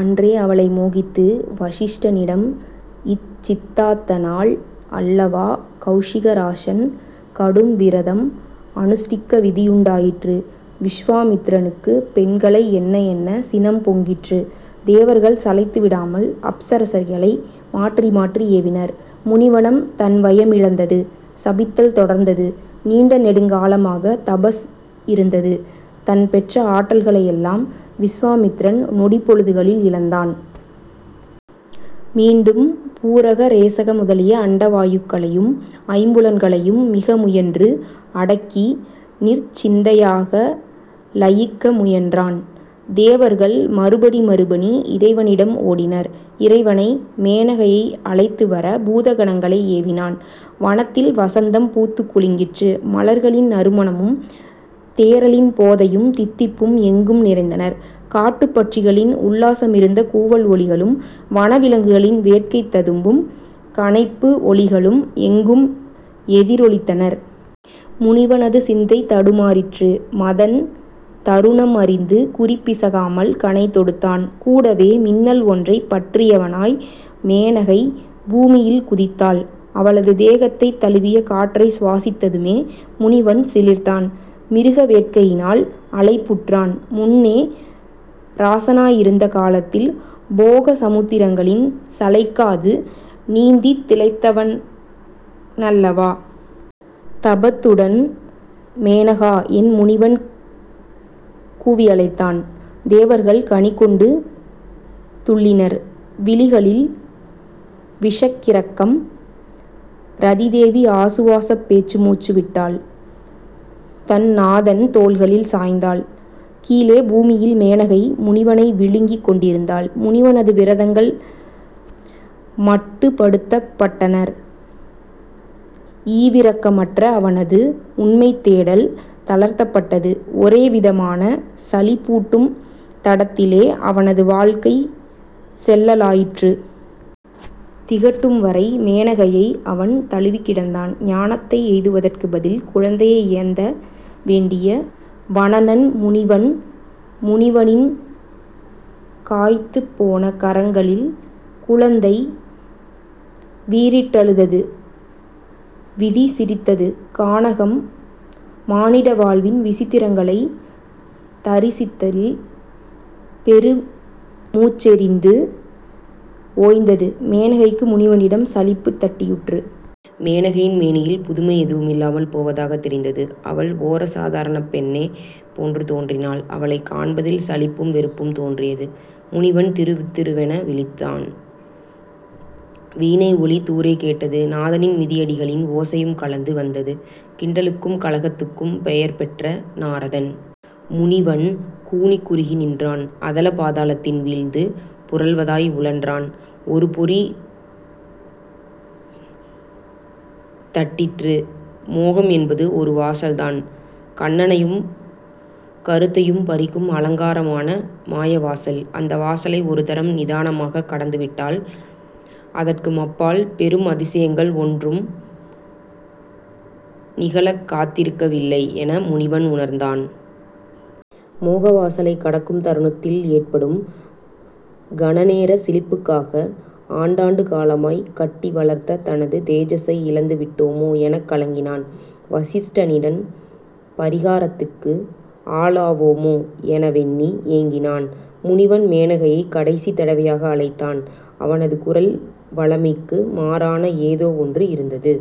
அன்றோ? அவளை மோகித்து வசிஷ்டனிடம் இச்சித்ததனால் அல்லவா கெளசிகராஜன் கடும் விரதம் அனுஷ்டிக்க விதியுண்டாயிற்று. விசுவாமித்திரனுக்கு பெண்களை எண்ண எண்ண சினம் பொங்கிற்று. தேவர்கள் சளைத்து விடாமல் அப்சரஸ்களை மாறி மாறி ஏவினர். முனிவனம் தன்வயமிழந்து சபித்தல் தொடர்ந்தது. நீண்ட நெடுங்காலமாக தபஸ் இருந்து தான்பெற்ற ஆற்றல்களையெல்லாம் விசுவாமித்திரன் நொடிப் பொழுதுகளில் இழந்தான். மீண்டு பூரக ரேசக முதலிய அட்டவாயுக்களையும் ஐம்புலன்களையும் மிகமுயன்று அடக்கி நிர்ச்சிந்தையாக லயிக்க முயன்றான். தேவர்கள் மறுபடி மறுபடி இறைவனிடம் ஓடினர். இறைவன் மேனகையை அழைத்துவர பூதகணங்களை ஏவினான். வனத்தில் வசந்தம் பூத்துக் குலுங்கிற்று. மலர்களின் நறுமணமும் தேறலின் போதையும் தித்திப்பும் எங்கும் நிறைந்தன. காட்டுப்பட்சிகளின் உல்லாசமிருந்த கூவல் ஒலிகளும் வனவிலங்குகளின் வேட்கை ததும்பும் கனைப்பு ஒலிகளும் எங்கும் எதிரொலித்தன. முனிவனது சிந்தை தடுமாறிற்று. மதன் தருணம் அறிந்து குறிபிசகாமல் கணை தொடுத்தான். கூடவே, மின்னல் ஒன்றைப் பற்றியவனாய் மேனகை பூமியில் குதித்தாள். அவளது தேகத்தை தழுவிய காற்றைச் சுவாசித்ததுமே முனிவன் சிலிர்த்தான். மிருக வேட்கையினால் அலைப்புற்றான். முன்னே, ராஜனாயிருந்த காலத்தில் போகசமுத்திரங்களில் சளைக்காது நீந்தித் திளைத்தவனல்லவா? தாபத்துடன் மேனகா என முனிவன் கூவி அழைத்தான். தேவர்கள் கனிகொண்டு துள்ளினர். விழிகளில் விஷக்கிறக்கம். ரதிதேவி ஆசுவாசப் பெருமூச்சு விட்டாள். தன் நாதன் தோள்களில் சாய்ந்தாள். கீழே பூமியில்; மேனகை முனிவனை விழுங்கிக் கொண்டிருந்தாள். முனிவனது விரதங்கள் மட்டுப்படுத்தப்பட்டன. ஈவிரக்கமற்ற அவனது உண்மைதேடல் தளர்த்தப்பட்டது. ஒரேவிதமான சலிப்பூட்டும் தடத்திலே அவனது வாழ்க்கை செல்லலாயிற்று. திகட்டும் வரை மேனகையை அவன் தழுவிக் கிடந்தான். ஞானத்தை எய்துவதற்கு பதில் குழந்தையை ஏந்த வேண்டிய வனானான் முனிவன் முனிவனின் காய்த்துப் போன கரங்களில் குழந்தை வீரிட்டழுதது. விதி சிரித்தது. கானகம் மானிட வாழ்வின் விசித்திரங்களை தரிசித்ததில் பெருமூச்செறிந்து ஓய்ந்தது. மேனகைக்கு முனிவனிடம் சலிப்புத் தட்டிற்று. மேனகையின் மேனியில் புதுமை எதுவுமில்லாமல் போவதாகத் தெரிந்தது. அவள் ஒர சாதாரண பெண்ணே போன்று தோன்றினாள். அவளைக் காண்பதில் சலிப்பும் வெறுப்பும் தோன்றியது. முனிவன் திருதிரு வென விழித்தான். வீணை ஒலி தூரே கேட்டது. நாதனின் மிதியடிகளின் ஓசையும் கலந்து வந்தது. கிண்டலுக்கும் கலகத்துக்கும் பெயர் பெற்ற நாரதன்... முனிவன் கூனிக் குறுகி நின்றான். அதலபாதாளத்தில் வீழ்ந்து புரள்வதாய் உழன்றான். ஒரு பொறி தட்டிற்று. மோகம் என்பது ஒருவாசல் தான். கண்ணையும் கருத்தையும் பறிக்கும் அலங்காரமான மாயாவாசல். அந்த வாசலை ஒருதரம் நிதானமாக கடந்துவிட்டால் அதற்குமப்பால் பெரும் அதிசயங்கள் ஒன்றும் நிகழக்காத்திருக்கவில்லை என முனிவன் உணர்ந்தான். மேகவாசலைக்கடக்கும் தருணத்தில் ஏற்படும் கணநேரச் சிலிப்புக்காக ஆண்டாண்டு காலமாக கட்டி வளர்த்த தனது தேஜஸை இழந்து விட்டோமே எனக்கலங்கினான். வசிஷ்டனின் பரிகாசத்துக்கு ஆளாவோமே எனவெண்ணி ஏங்கினான். முனிவன் மேனகையை கடைசித் தடவையாக அழைத்தான். அவனது குரலில் வழமைக்கு மாறான ஏதோ ஒன்று இருந்தது.